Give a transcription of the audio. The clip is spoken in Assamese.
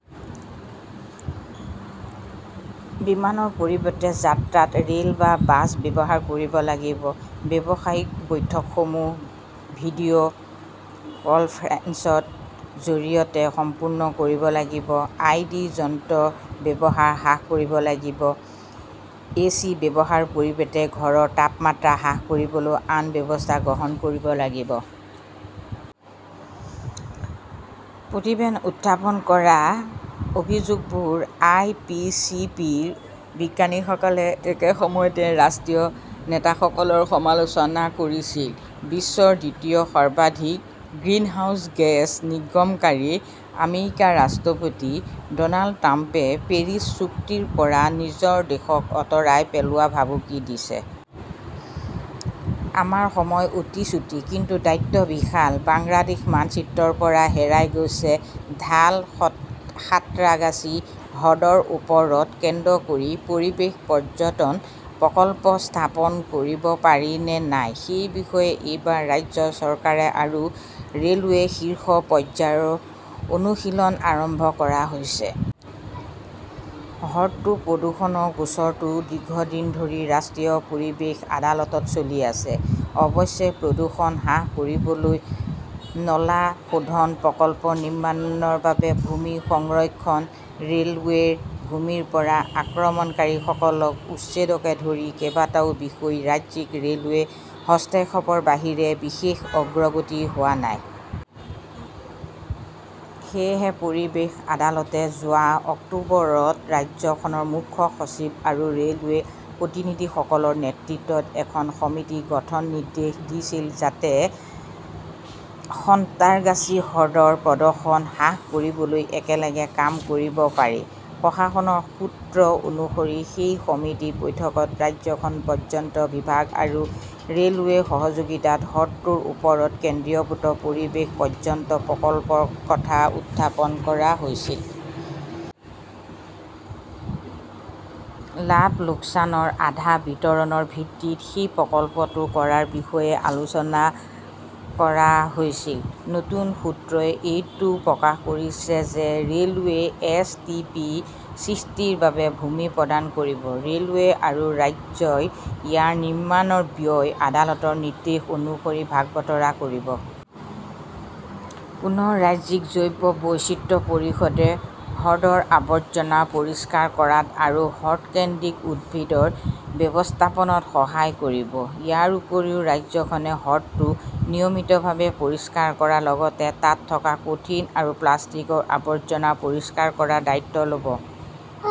বিমানৰ পৰিৱৰ্তে যাত্ৰাত ৰে'ল বা বাছ ব্যৱহাৰ কৰিব লাগিব। ব্যৱসায়িক বৈঠকসমূহ ভিডিঅ' কলফাৰেন্সৰ জৰিয়তেহে সম্পন্ন কৰিব লাগিব। আই. ডি. যন্ত্ৰৰ ব্যৱহাৰ হ্ৰাস কৰিব লাগিব। এচি ব্যৱহাৰৰ পৰিৱৰ্তে ঘৰৰ তাপমাত্ৰা হ্ৰাস কৰিবলৈ আন ব্যৱস্থা গ্ৰহণ কৰিব লাগিব। প্ৰতিবেদনত উত্থাপন কৰা অভিযোগবোৰো আই. পি. চি. পি. ৰ বিজ্ঞানীসকলে একে সময়তে ৰাষ্ট্ৰীয় নেতাসকলক সমালোচনা কৰিছিল। বিশ্বৰ দ্বিতীয় সৰ্বাধিক গ্ৰিনহাউজ গেছ নিৰ্গমকাৰী আমেৰিকাৰ ৰাষ্ট্ৰপতি ড'নাল্ড ট্ৰাম্পে পেৰিছ চুক্তিৰ পৰা নিজৰ দেশক আঁতৰাই পেলোৱাৰ ভাবুকি দিছে। "আমাৰ সময় অতি চুটি, কিন্তু দায়িত্ব বিশাল।" বাংলাদেশ মানচিত্ৰৰ পৰা হেৰাই গৈছে ঢাল সাঁত্ৰাগাছী হ্ৰদৰ ওপৰত কেন্দ্ৰ কৰি পৰিৱেশ পৰ্যটন প্ৰকল্প স্থাপন কৰিব পাৰি নে নাই সেই বিষয়ে এইবাৰ ৰাজ্য চৰকাৰ আৰু ৰে'লৱেৰ শীৰ্ষ পৰ্যায়ত অনুশীলন আৰম্ভ কৰা হৈছে। হ্ৰদটোৰ প্ৰদূষণৰ গোচৰটো দীৰ্ঘদিন ধৰি ৰাষ্ট্ৰীয় পৰিৱেশ আদালতত চলি আছে। অৱশ্যে, প্ৰদূষণ হ্ৰাস কৰিবলৈ নলা শোধন প্ৰকল্প নিৰ্মাণৰ বাবে ভূমি সংৰক্ষণ, ৰে 'লৱেৰ ভূমিৰ পৰা আক্ৰমণকাৰীসকলক উচ্ছেদকে ধৰি কেইবাটাও বিষয়ত ৰাজ্যিক ৰে'লৱেৰ হস্তক্ষেপৰ বাহিৰে বিশেষ অগ্ৰগতি হোৱা নাই। সেয়েহে পৰিৱেশ আদালতে যোৱা অক্টোবৰত ৰাজ্যখনৰ মুখ্য সচিব আৰু ৰে'লৱেৰ প্ৰতিনিধিসকলৰ নেতৃত্বত এখন সমিতি গঠনৰ নিৰ্দেশ দিছিল যাতে সন্তৰাগাছী হ্ৰদৰ প্ৰদূষণ হ্ৰাস কৰিবলৈ একেলগে কাম কৰিব পাৰি। প্ৰশাসনৰ সূত্ৰ অনুসৰি সেই সমিতিৰ বৈঠকত ৰাজ্যখনৰ পৰ্যটন বিভাগ আৰু ৰে'লৱেৰ সহযোগিতাত হ্ৰদটোৰ ওপৰত কেন্দ্ৰীভূত পৰিৱেশ পৰ্যটন প্ৰকল্পৰ কথা উত্থাপন কৰা হৈছিল। লাভ-লোকচানৰ আধা বিতৰণ ৰ ভিত্তিত সেই প্ৰকল্পটো কৰাৰ বিষয়ে আলোচনা কৰা হৈছিল। নতুন সূত্ৰয়ে এইটোও প্ৰকাশ কৰিছে যে ৰে'লৱেই এছ. টি. পি. সৃষ্টিৰ বাবে ভূমি প্ৰদান কৰিব। ৰে'লৱে আৰু ৰাজ্যই ইয়াৰ নিৰ্মাণ ব্যয় আদালতৰ নিৰ্দেশ অনুসৰি ভাগ-বতৰা কৰিব। পুনৰ, ৰাজ্যিক জৈৱ বৈচিত্ৰ্য পৰিষদে হ্ৰদৰ আৱৰ্জনা পৰিষ্কাৰ কৰাত আৰু হ্ৰদ-কেন্দ্ৰিক উদ্ভিদত ব্যৱস্থাপনাত সহায় কৰিব। ইয়াৰ উপৰিও, ৰাজ্যখনে হ্ৰদটো নিয়মিতভাৱে পৰিষ্কাৰ কৰাৰ লগতে তাত থকা কঠিন আৰু প্লাষ্টিকৰ আৱৰ্জনা পৰিষ্কাৰ কৰাৰ দায়িত্ব ল'ব।